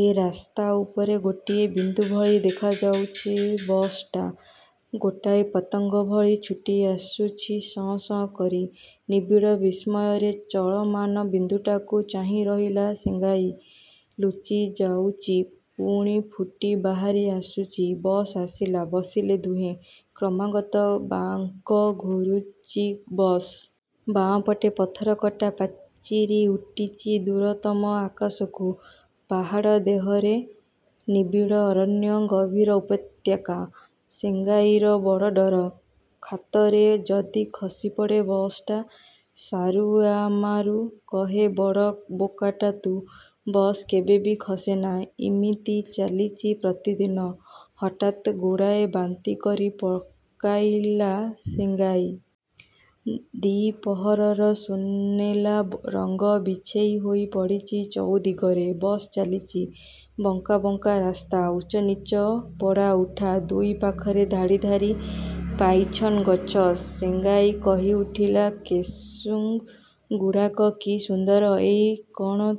ଏ ରାସ୍ତା ଉପରେ ଗୋଟିଏ ବିନ୍ଦୁ ଭଳି ଦେଖାଯାଉଚି ବସ୍ଟା। ଗୋଟାଏ ପତଙ୍ଗ ଭଳି ଛୁଟିଆସୁଛି ସଁ ସଁ କରି। ନିବିଡ଼ ବିସ୍ମୟରେ ଚଳମାନ ବିନ୍ଦୁଟାକୁ ଚାହିଁ ରହିଲା ସେଙ୍ଗାଇ। ଲୁଚି ଯାଉଚି, ପୁଣି ଫୁଟି ବାହାରି ଆସୁଚି। ବସ୍ ଆସିଲା, ବସିଲେ ଦୁହେଁ। କ୍ରମାଗତ ବାଙ୍କ ଘୁରୁଚି ବସ୍। ବାଁ ପଟେ ପଥର କଟା ପାଚିରୀ ଉଠିଚି ଦୂରତମ ଆକାଶକୁ। ପାହାଡ଼ ଦେହରେ ନିବିଡ଼ ଅରଣ୍ୟ, ଗଭୀର ଉପତ୍ୟକା। ସେଙ୍ଗାଇର ବଡ଼ ଡ଼ର, ଖାତରେ ଯଦି ଖସିପଡ଼େ ବସ୍ଟା। ସାରୁୟାମାରୁ କହେ ବଡ଼ ବୋକାଟା ତୁ। ବସ କେବେବି ଖସେନା, ଇମିତି ଚାଲିଚି ପ୍ରତିଦିନ। ହଠାତ୍ ଗୁଡ଼ାଏ ବାନ୍ତି କରି ପକାଇଲା ସେଙ୍ଗାଇ। ଦିପହରର ସୁନେଲା ରଙ୍ଗ ବିଛେଇ ହୋଇ ପଡ଼ିଛି ଚଉଦିଗରେ। ବସ୍ ଚାଲିଚି। ବଙ୍କା ବଙ୍କା ରାସ୍ତା। ଉଚ୍ଚନୀଚ, ପଡ଼ା ଉଠା। ଦୁଇ ପାଖରେ ଧାଡ଼ି ଧାଡ଼ି ପାଇନଗଛ। ସେଙ୍ଗାଇ କହିଉଠିଲା କେସୁଂ ଗୁଡ଼ାକ କି ସୁନ୍ଦର। ଏଇ କ'ଣ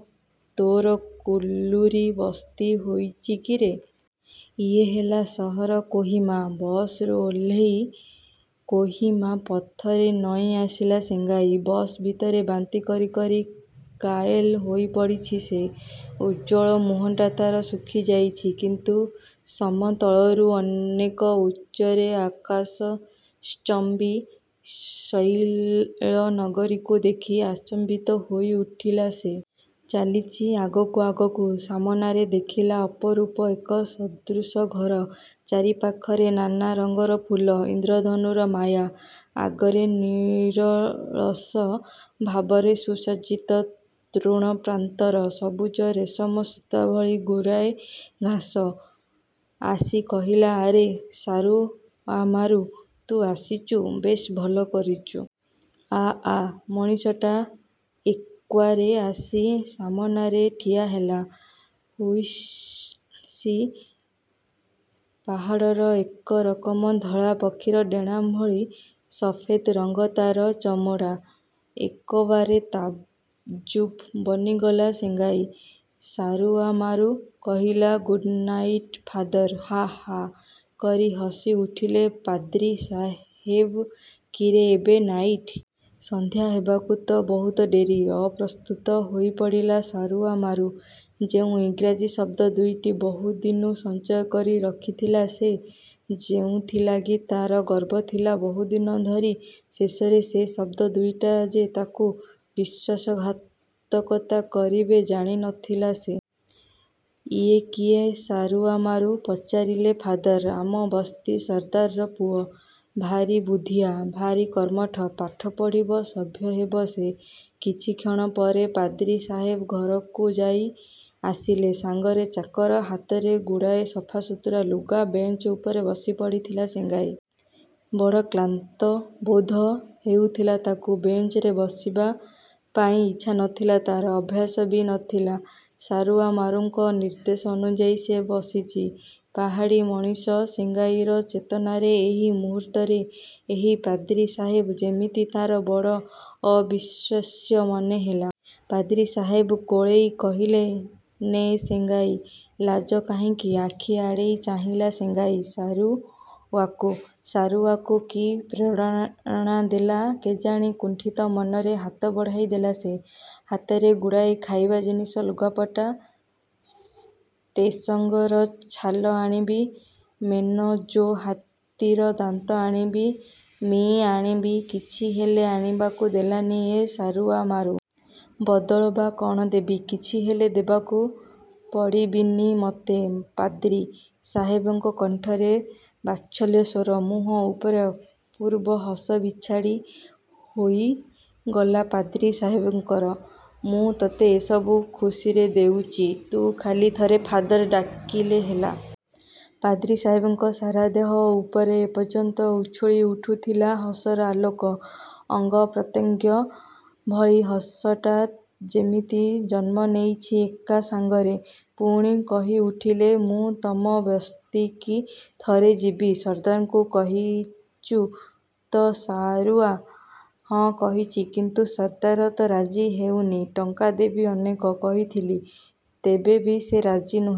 ତୋର କୁଲୁରୀ ବସ୍ତି ହୋଇଚି କିରେ! ଇଏ ହେଲା ସହର କୋହିମା। ବସରୁ ଓହ୍ଲେଇ କୋହିମା ପଥରେ ନଇଁ ଆସିଲା ସେଙ୍ଗାଇ। ବସ ଭିତରେ ବାନ୍ତି କରି କରି କାଏଲ୍ ହୋଇପଡ଼ିଛି ସେ। ଉଜ୍ଜ୍ୱଳ ମୁହଁଟା ତାର ଶୁଖିଯାଇଛି କିନ୍ତୁ ସମତଳରୁ ଅନେକ ଉଚ୍ଚରେ ଆକାଶଶ୍ଚମ୍ବୀ ଶୈଳନଗରୀକୁ ଦେଖି ଆଚମ୍ବିତ ହୋଇଉଠିଥିଲା ସେ। ଚାଲିଚି ଆଗକୁ ଆଗକୁ। ସାମନାରେ ଦେଖିଲା ଅପରୂପ ଏକ ସଦୃଶ ଘର। ଚାରିପାଖରେ ନାନା ରଙ୍ଗର ଫୁଲ। ଇନ୍ଦ୍ରଧନୁର ମାୟା। ଆଗରେ ନିରଳସ ଭାବରେ ସୁସଜ୍ଜିତ ତୃଣପ୍ରାନ୍ତର। ସବୁଜ ରେଶମ ସୂତା ଭଳି ଗୁଡ଼ାଏ ଘାସ। ଆସି କହିଲା ଆରେ ସାରୁଆମାରୁ! ତୁ ଆସିଚୁ? ବେଶ ଭଲ କରିଚୁ। ଆ ଆ। ମଣିଷଟା ଏକ୍ବାରେ ଆସି ସାମନାରେ ଠିଆହେଲା। ହୁଇସ୍ଟସି ପାହାଡ଼ର ଏକରକମ ଧଳା ପକ୍ଷୀର ଡ଼େଣା ଭଳି ସଫେତ ରଙ୍ଗ ତାର ଚମଡ଼ା। ଏକବାରେ ତାଜୁବ ବନିଗଲା ସେଙ୍ଗାଇ। ସାରୁୟାମାରୁ କହିଲା ଗୁଡ଼ନାଇଟ୍ ଫାଦର। ହାଁ ହାଁ କରି ହସିଉଠିଲେ ପାଦ୍ରୀ ସାହେବ କିରେ ଏବେ ନାଇଟ! ସନ୍ଧ୍ୟା ହେବାକୁ ତ ବହୁତ ଡେରି! ଅପ୍ରସ୍ତୁତ ହୋଇପଡ଼ିଲା ସାରୁୟାମାରୁ। ଯେଉଁ ଇଂରେଜୀ ଶବ୍ଦ ଦୁଇଟି ବହୁଦିନୁ ସଞ୍ଚୟ କରିରଖିଥିଲା ସେ, ଯେଉଁଥିଲାଗି ତାର ଗର୍ବ ଥିଲା ବହୁଦିନ ଧରି, ଶେଷରେ ସେ ଶବ୍ଦ ଦୁଇଟା ଯେ ତାକୁ ବିଶ୍ୱାସଘାତକତା କରିବେ ଜାଣି ନଥିଲା ସେ। ଇଏ କିଏ ସାରୁୟାମାରୁ! ପଚାରିଲେ ଫାଦର। ଆମ ବସ୍ତି ସର୍ଦ୍ଦାରର ପୁଅ। ଭାରି ବୁଦ୍ଧିଆ, ଭାରି କର୍ମଠ। ପାଠ ପଢ଼ିବ, ସଭ୍ୟ ହେବ ସେ। କିଛିକ୍ଷଣ ପରେ ପାଦ୍ରୀ ସାହେବ ଘରକୁ ଯାଇ ଆସିଲେ। ସାଙ୍ଗରେ ଚାକର। ହାତରେ ଗୁଡ଼ାଏ ସଫାସୁତୁରା ଲୁଗା। ବେଞ୍ଚ ଉପରେ ବସି ପଡ଼ିଥିଲା ସେଙ୍ଗାଇ। ବଡ଼ କ୍ଳାନ୍ତ ବୋଧ ହେଉଥିଲା ତାକୁ। ବେଞ୍ଚରେ ବସିବା ପାଇଁ ଇଚ୍ଛା ନ ଥିଲା ତାର। ଅଭ୍ୟାସ ବି ନ ଥିଲା। ସାରୁୟାମାରୁଙ୍କ ନିର୍ଦ୍ଦେଶ ଅନୁଯାୟୀ ସେ ବସିଚି। ପାହାଡ଼ୀ ମଣିଷ ସେଙ୍ଗାଇର ଚେତନାରେ ଏହି ମୁହୂର୍ତ୍ତରେ ଏହି ପାଦ୍ରୀ ସାହେବ ଯେମିତି ତାର ବଡ଼ ଅବିଶ୍ୱାସ୍ୟ ମନେ ହେଲା। ପାଦ୍ରୀ ସାହେବ କୋଳେଇ କହିଲେ ନେ ସେଙ୍ଗାଇ, ଲାଜ କାହିଁକି? ଆଖି ଆଡ଼େଇ ଚାହିଁଲା ସେଙ୍ଗାଇ ସାରୁୟାକୁ। ସାରୁୟାକୁ କି ପ୍ରେରଣାଦେଲା କେଜାଣି, କୁଣ୍ଠିତ ମନରେ ହାତ ବଢ଼ାଇ ଦେଲା ସେ। ହାତରେ ଗୁଡ଼ାଏ ଖାଇବା ଜିନିଷ, ଲୁଗାପଟା। ଟେସଙ୍ଗର ଛାଲ ଆଣିବି, ମେନଜୋ ହାତୀର ଦାନ୍ତ ଆଣିବି, ମି ଆଣିବି କିଛି ହେଲେ ଆଣିବାକୁ ଦେଲାନି ଏ ସାରୁୟାମାରୁ। ବଦଳ ବା କ'ଣ ଦେବି? ''କିଛି ହେଲେ ଦେବାକୁ ପଡ଼ିବିନି ମତେ'' ପାଦ୍ରୀ ସାହେବଙ୍କ କଣ୍ଠରେ ବାତ୍ସଲ୍ୟସ୍ୱର। ମୁହଁ ଉପରେ ଅପୂର୍ବ ହସ ବିଛାଡ଼ି ହୋଇଗଲା ପାଦ୍ରୀ ସାହେବଙ୍କର। ମୁଁ ତତେ ଏସବୁ ଖୁସିରେ ଦେଉଚି, ତୁ ଖାଲି ଥରେ ଫାଦର ଡାକିଲେ ହେଲା। ପାଦ୍ରୀ ସାହେବଙ୍କ ସାରା ଦେହ ଉପରେ ଏପର୍ଯ୍ୟନ୍ତ ଉଛୁଳି ଉଠୁଥିଲା ହସର ଆଲୋକ। ଅଙ୍ଗପ୍ରତ୍ୟଙ୍ଗ ଭଳି ହସଟା ଯେମିତି ଜନ୍ମ ନେଇଚି ଏକା ସାଙ୍ଗରେ। ପୁଣି କହିଉଠଲେ, ''ମୁଁ ତମ ବସ୍ତିକି ଥରେ ଯିବି, ସର୍ଦ୍ଦାରକୁ କହିଚୁ ତ ସାରୁୟା!'' ହଁ କହିଚି, କିନ୍ତୁ ସର୍ଦ୍ଦାର ତ ରାଜି ହେଉନି। ଟଙ୍କା ଦେବି ଅନେକ। କହିଥିଲି। ତେବେ ବି ସେ ରାଜି ନୁହେଁ।